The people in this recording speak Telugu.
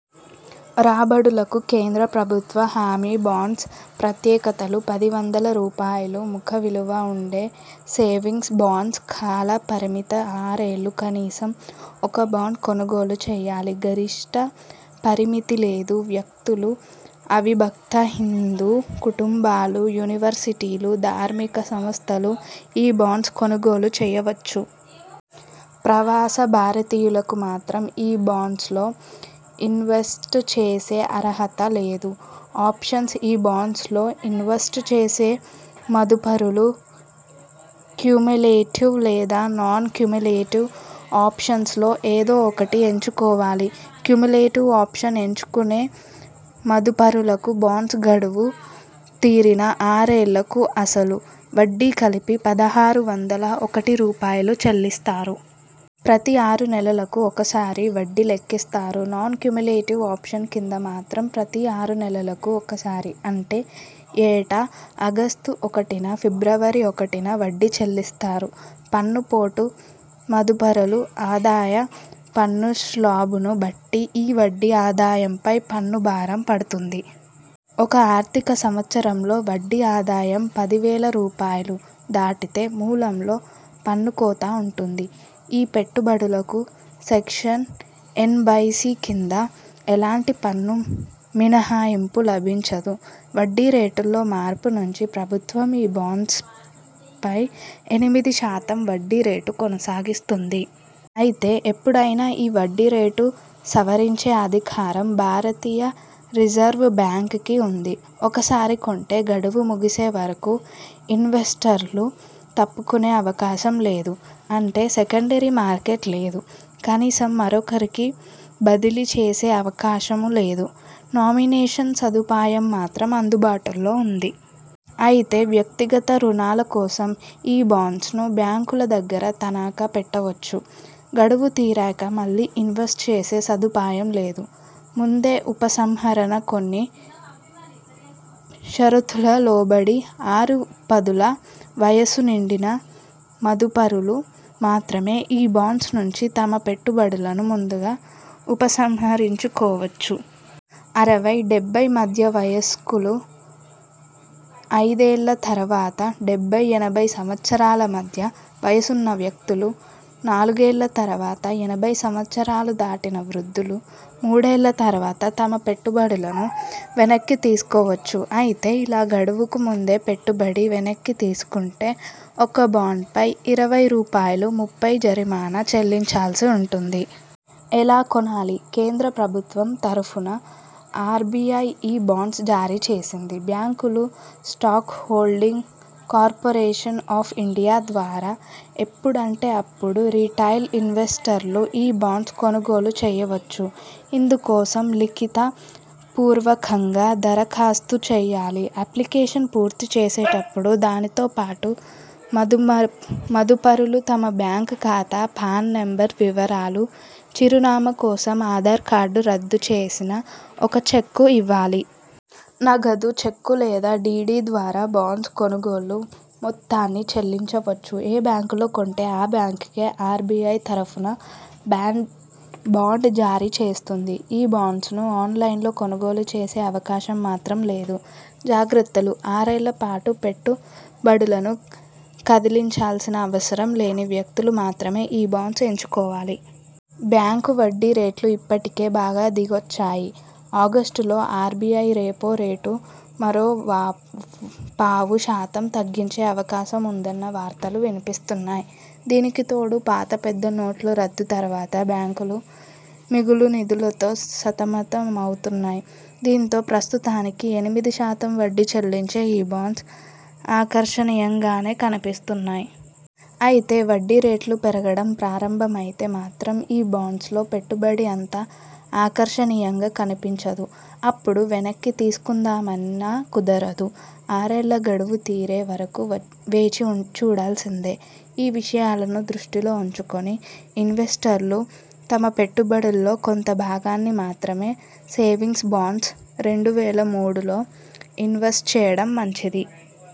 రాబడులకు కేంద్ర ప్రభుత్వ హామీ బాండ్స్ ప్రత్యేకతలు పది వందల రూపాయలు ముఖ విలువ ఉండే సేవింగ్స్ బాండ్స్ కాల పరిమితి ఆరేళ్లు. కనీసం ఒక బాండ్ కొనుగోలు చేయాలి. గరిష్ఠ పరిమితి లేదు. వ్యక్తులు, అవిభక్త హిందూ కుటుంబాలు, యూనివర్సిటీలు, ధార్మిక సంస్థలు ఈ బాండ్స్ కొనుగోలు చేయవచ్చు. ప్రవాస భారతీయులకు మాత్రం ఈ బాండ్స్లో ఇన్వెస్ట్ చేసే అర్హత లేదు. ఆప్షన్స్ఈ బాండ్స్లో ఇన్వెస్ట్ చేసే మదుపరులు క్యుములేటివ్ లేదా నాన్ క్యుములేటివ్ ఆప్షన్స్లో ఏదో ఒకటి ఎంచుకోవాలి. క్యుములేటివ్ ఆప్షన్ ఎంచుకునే మదుపరులకు బాండ్స్ గడువు తీరిన ఆరేళ్లకు అసలు, వడ్డీ కలిపి పదహారు వందల ఒకటి రూపాయలు చెల్లిస్తారు. ప్రతి ఆరు నెలలకు ఒకసారి వడ్డీ లెక్కిస్తారు. నాన్ క్యుములేటివ్ ఆప్షన్ కింద మాత్రం ప్రతి ఆరు నెలలకు ఒకసారి అంటే ఏటా ఆగస్టు ఒకటిన, ఫిబ్రవరి ఒకటిన వడ్డీ చెల్లిస్తారు. పన్ను పోటు మదుపరుల ఆదాయ పన్ను శ్లాబును బట్టి ఈ వడ్డీ ఆదాయం పై పన్ను భారం పడుతుంది. ఒక ఆర్థిక సంవత్సరంలో వడ్డీ ఆదాయం పది వేల రూపాయలు దాటితే మూలంలో పన్ను కోత ఉంటుంది. ఈ పెట్టు బడులకు సెక్షన్ ఎనభైసి కింద ఎలాంటి పన్ను మినహాయింపు లభించదు. వడ్డీ రేటులో మార్పు నుంచి ప్రభుత్వం ఈ బాండ్స్పై ఎనిమిది శాతం వడ్డీ రేటు కొనసాగిస్తోంది. అయితే ఎపుడైనా ఈ వడ్డీ రేటు సవరించే అధికారం భారతీయ రిజర్వ్ బ్యాంక్ కి ఉంది. ఒకసారి కొంటే గడువు ముగిసే వరకు ఇన్వెస్టర్లు తప్పుకునే అవకాశం లేదు. అంటే సెకండరీ మార్కెట్ లేదు. కనీసం మరొకరికి బదిలీ చేసే అవకాశమూ లేదు. నామినేషన్ సదుపాయం మాత్రం అందుబాటులో ఉంది. అయితే వ్యక్తిగత రుణాల కోసం ఈ బాండ్స్ను బ్యాంకుల దగ్గర తనఖా పెట్టవచ్చు. గడువు తీరాక మళ్లీ ఇన్వెస్ట్ చేసే సదుపాయం లేదు. ముందే ఉపసంహరణ కొన్ని షరతుల లోబడి ఆరు పదుల వయసు నిండిన మదుపరులు మాత్రమే ఈ బాండ్స్ నుంచి తమ పెట్టుబడులను ముందుగా ఉపసంహరించుకోవచ్చు. అరవై, డెబ్బై మధ్య వయస్కులు ఐదేళ్ల తర్వాత, డెబ్బై-ఎనభై సంవత్సరాల మధ్య వయసున్న వ్యక్తులు నాలుగేళ్ల తర్వాత, ఎనభై సంవత్సరాలు దాటిన వృద్ధులు మూడేళ్ల తర్వాత తమ పెట్టుబడులను వెనక్కి తీసుకోవచ్చు. అయితే ఇలా గడువుకు ముందే పెట్టుబడి వెనక్కి తీసుకుంటే ఒక్కో బాండ్పై ఇరవై రూపాయలు, ముప్పై జరిమానా చెల్లించాల్సి ఉంటుంది. ఎలా కొనాలి? కేంద్ర ప్రభుత్వం తరఫున ఆర్బిఐ ఈ బాండ్స్ జారీ చేసింది. బ్యాంకులు, Stock Holding Corporation of India ద్వారా ఎప్పుడంటే అప్పుడు రిటైల్ ఇన్వెస్టర్లు ఈ బాండ్స్ కొనుగోలు చేయవచ్చు. ఇందు కోసం లిఖిత పూర్వకంగా దరఖాస్తు చేయాలి. అప్లికేషన్ పూర్తి చేసేటప్పుడు దానితో పాటు మదుపరులు తమ బ్యాంక్ ఖాతా, పాన్ నెంబర్ వివరాలు, చిరునామా కోసం ఆధార్ కార్డు, రద్దు చేసిన ఒక చెక్కు ఇవ్వాలి. నగదు, చెక్కు లేదా డిడి ద్వారా బాండ్స్ కొనుగోళ్ల మొత్తాన్ని చెల్లించవచ్చు. ఏ బ్యాంకులో కొంటే ఆ బ్యాంకే ఆర్బిఐ తరఫున బ్యాండ్ బాండ్ జారీ చేస్తుంది. ఈ బాండ్స్ను ఆన్లైన్లో కొనుగోలు చేసే అవకాశం మాత్రం లేదు. జాగ్రత్తలు ఆరేళ్ల పాటు పెట్టు బడులను కదిలించాల్సిన అవసరం లేని వ్యక్తులు మాత్రమే ఈ బాండ్స్ ఎంచుకోవాలి. బ్యాంకు వడ్డీ రేట్లు ఇప్పటికే బాగా దిగొచ్చాయి. ఆగస్టు లో ఆర్బిఐ రెపో రేటు మరో పావు శాతం తగ్గించే అవకాశం ఉందన్న వార్తలు వినిపిస్తున్నాయి. దీనికి తోడు పాత పెద్ద నోట్ల రద్దు తర్వాత బ్యాంకులూ మిగులు నిధులతో సతమత మవుతున్నాయి. దీంతో ప్రస్తుతానికి ఎనిమిది శాతం వడ్డీ చెల్లించే ఈ బాండ్స్ ఆకర్షణీయంగానే కనిపిస్తున్నాయి. అయితే వడ్డీ రేట్లు పెరగడం ప్రారంభమైతే మాత్రం ఈ బాండ్స్లో పెట్టుబడి అంత ఆకర్షణీయంగా కనిపించదు. అప్పుడు వెనక్కి తీసుకుందామన్నా కుదరదు. ఆరేళ్ల గడువు తీరే వరకు వేచి చూడాల్సిందే. ఈ విషయాలను దృష్టిలో ఉంచుకుని ఇన్వెస్టర్లు తమ పెట్టుబడుల్లో కొంత భాగాన్ని మాత్రమే సేవింగ్స్ బాండ్స్, రెండు వేల మూడులో ఇన్వెస్ట్ చేయడం మంచిది.